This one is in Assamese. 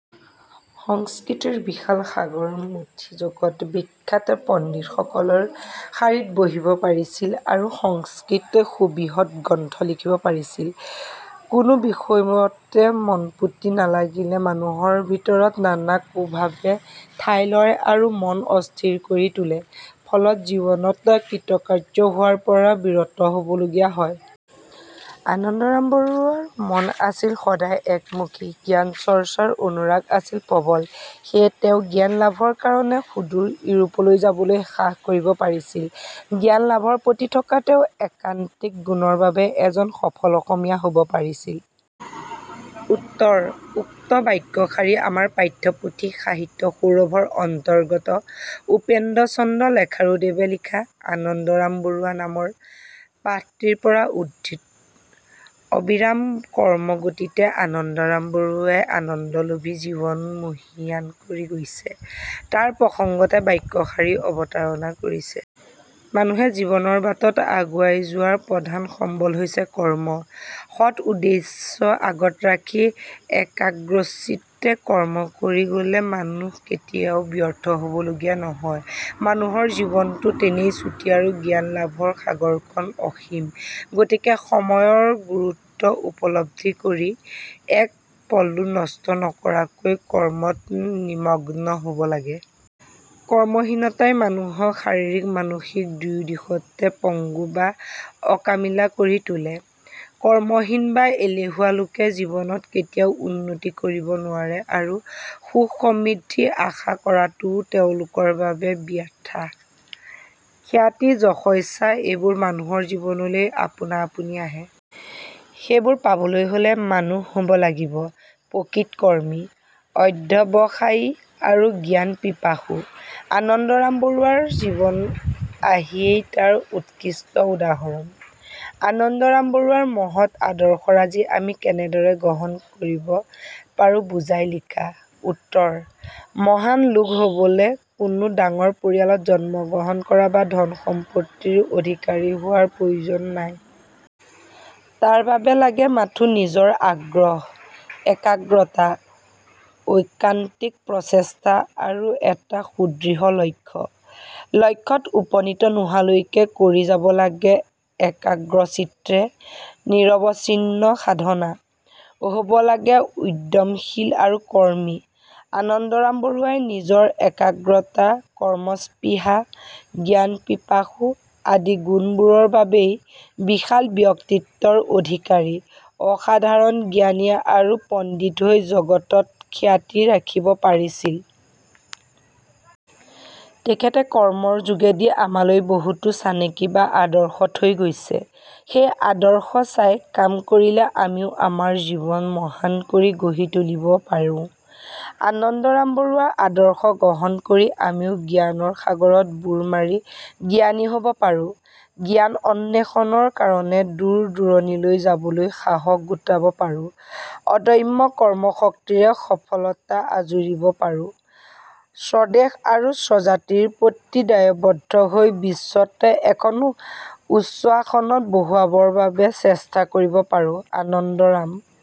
সংস্কৃতৰ বিশাল সাগৰ মথি জগত বিখ্যাত পণ্ডিত সকলৰ শাৰীত বহিব পাৰিছিল আৰু সংস্কৃতৰ সুবৃহৎ গ্ৰন্থ লিখিব পাৰিছিল। কোনো বিষয়তে মনপুতি নালাগিলে মানুহৰ ভিতৰত নানা কুভাৱে ঠাই লয় আৰু মন অস্থিৰ কৰি তোলে। ফলত জীৱনত কৃতকাৰ্য হোৱাৰ পৰা বিৰত হ'ব লগীয়া হয়। আনন্দৰাম বৰুৱাৰ মন আছিল সদায় একমুখী, জ্ঞান চৰ্চাৰ অনুৰাগ আছিল প্ৰবল। সেয়ে তেওঁ জ্ঞান লাভৰ কাৰণে সুদূৰ, ইউৰোপলৈ যাবলৈ সাহ কৰিব পাৰিছিল। জ্ঞান লাভৰ প্ৰতি থকা তেওঁৰ একান্তিক গুণৰ বাবে এজন সফল অসমীয়া হ'ব পাৰিছিল। উত্তৰ: উক্ত বাক্যশাৰী আমাৰ পাঠ্যপুথি 'সাহিত্য সৌৰভৰ অন্তৰ্গত্ উপেন্দ্ৰ চন্দ্ৰ লেখাৰু দেৱে লিখা 'আনন্দৰাম বৰুৱা" নামৰ পাঠটিৰ পৰা উদ্ধৃত। অবিৰাম কৰ্মগতিতে আনন্দৰাম বৰুৱাই আনন্দ লভি জীৱন মহীয়ান কৰি গৈছে; তাৰ প্ৰসংগতে বাক্যশাৰীৰ অৱতাৰণা কৰিছে। মানুহে জীৱনৰ বাটত আগুৱাই যোৱাৰ প্ৰধান সম্বল হৈছে কৰ্ম। সৎ উদ্দেশ্য আগত ৰাখি একাগ্ৰচিত্তে কৰ্ম কৰি গ'লে মানুহ কেতিয়াও ব্যৰ্থ হ'ব লগীয়া নহয়। মানুহৰ জীৱনটো তেনেই চুটি আৰু জ্ঞান লাভৰ সাগৰখন অসীম। গতিকে সময়ৰ গুৰুত্ব উপলব্ধি কৰি, এক পলো নষ্ট নকৰাকৈ কৰ্মত নিমগ্ন হ'ব লাগে। কৰ্মহীনতাই মানুহক শাৰীৰিক মানসিক দুয়োদিশতে পঙ্গু বা অকামিলা কৰি তোলে। কৰ্মহীন বা এলেহুৱা লোকে জীৱনত কেতিয়াও উন্নতি কৰিব নোৱাৰে আৰু সুখ-সমৃদ্ধি আশা কৰাটোও তেওঁলোকৰ বাবে বৃথা। খ্যাতি, যশস্যা এইবোৰ মানুহৰ জীৱনলৈ আপোনা আপুনি নাহে। সেই বোৰ পাবলৈ হ'লে মানুহ হ'ব লাগিব প্ৰকৃত কৰ্মী, অধ্যবসায়ী আৰু জ্ঞান-পিপাসু। আনন্দৰাম বৰুৱাৰ জীৱন আহিয়েই তাৰ উৎকৃষ্ট উদাহৰণ। / আনন্দৰাম বৰুৱাৰ মহৎ আদৰ্শৰাজি আমি কেনেদৰে গ্ৰহণ কৰিব পাৰোঁ বুজাই লিখা। উত্তৰ: মহান লোক হ'বলে কোনো ডাঙৰ পৰিয়ালত জন্ম গ্ৰহণ কৰা বা ধন সম্পত্তিৰ অধিকাৰী হোৱাৰ প্ৰয়োজন নাই। তাৰ বাবে লাগে মাথো নিজৰ আগ্ৰহ, একাগ্ৰতা, ঐকান্তিক প্ৰচেষ্টা আৰু এটা সুদৃঢ় লক্ষ্য। লক্ষ্যত উপনীত নোহোৱালৈকে কৰি যাব লাগে একাগ্ৰচিত্তে, নিৰৱচিন্ন সাধনা। হ'ব লাগে উদ্যমশীল আৰু কৰ্মী। আনন্দৰাম বৰুৱাই নিজৰ একাগ্ৰতা, কৰ্মস্পৃহা, জ্ঞান-পিপাসু আদি গুণবোৰৰ বাবেই বিশাল ব্যক্তিত্বৰ অধিকাৰী, অসাধাৰণ জ্ঞানী আৰু পণ্ডিত হৈ জগতত খ্যাতি ৰাখিব পাৰিছিল। তেখেতে কৰ্মৰ যোগেদি আমালৈ বহুতো চানেকি বা আদৰ্শ থৈ গৈছে। সেই আদৰ্শ চাই কাম কৰিলে আমিও আমাৰ জীৱন মহান কৰি গঢ়ি তুলিব পাৰোঁ। আনন্দৰাম বৰুৱাৰ আদৰ্শ গ্ৰহণ কৰি আমিও জ্ঞানৰ সাগৰত বুৰ মাৰি জ্ঞানী হ'ব পাৰো, জ্ঞান অন্বেষণৰ কাৰণে দূৰ-দূৰণিলৈ যাবলৈ সাহস গোটাব পাৰো, অদম্য কৰ্মশক্তিৰে সফলতা আঁজুৰিব পাৰোঁ, স্বদেশ আৰু স্বজাতিৰ প্ৰতি দায়বদ্ধ হৈ বিশ্বত এখন উচ্চ আসনত বহুৱাবৰ বাবে চেষ্টা কৰিব পাৰোঁ। আনন্দৰাম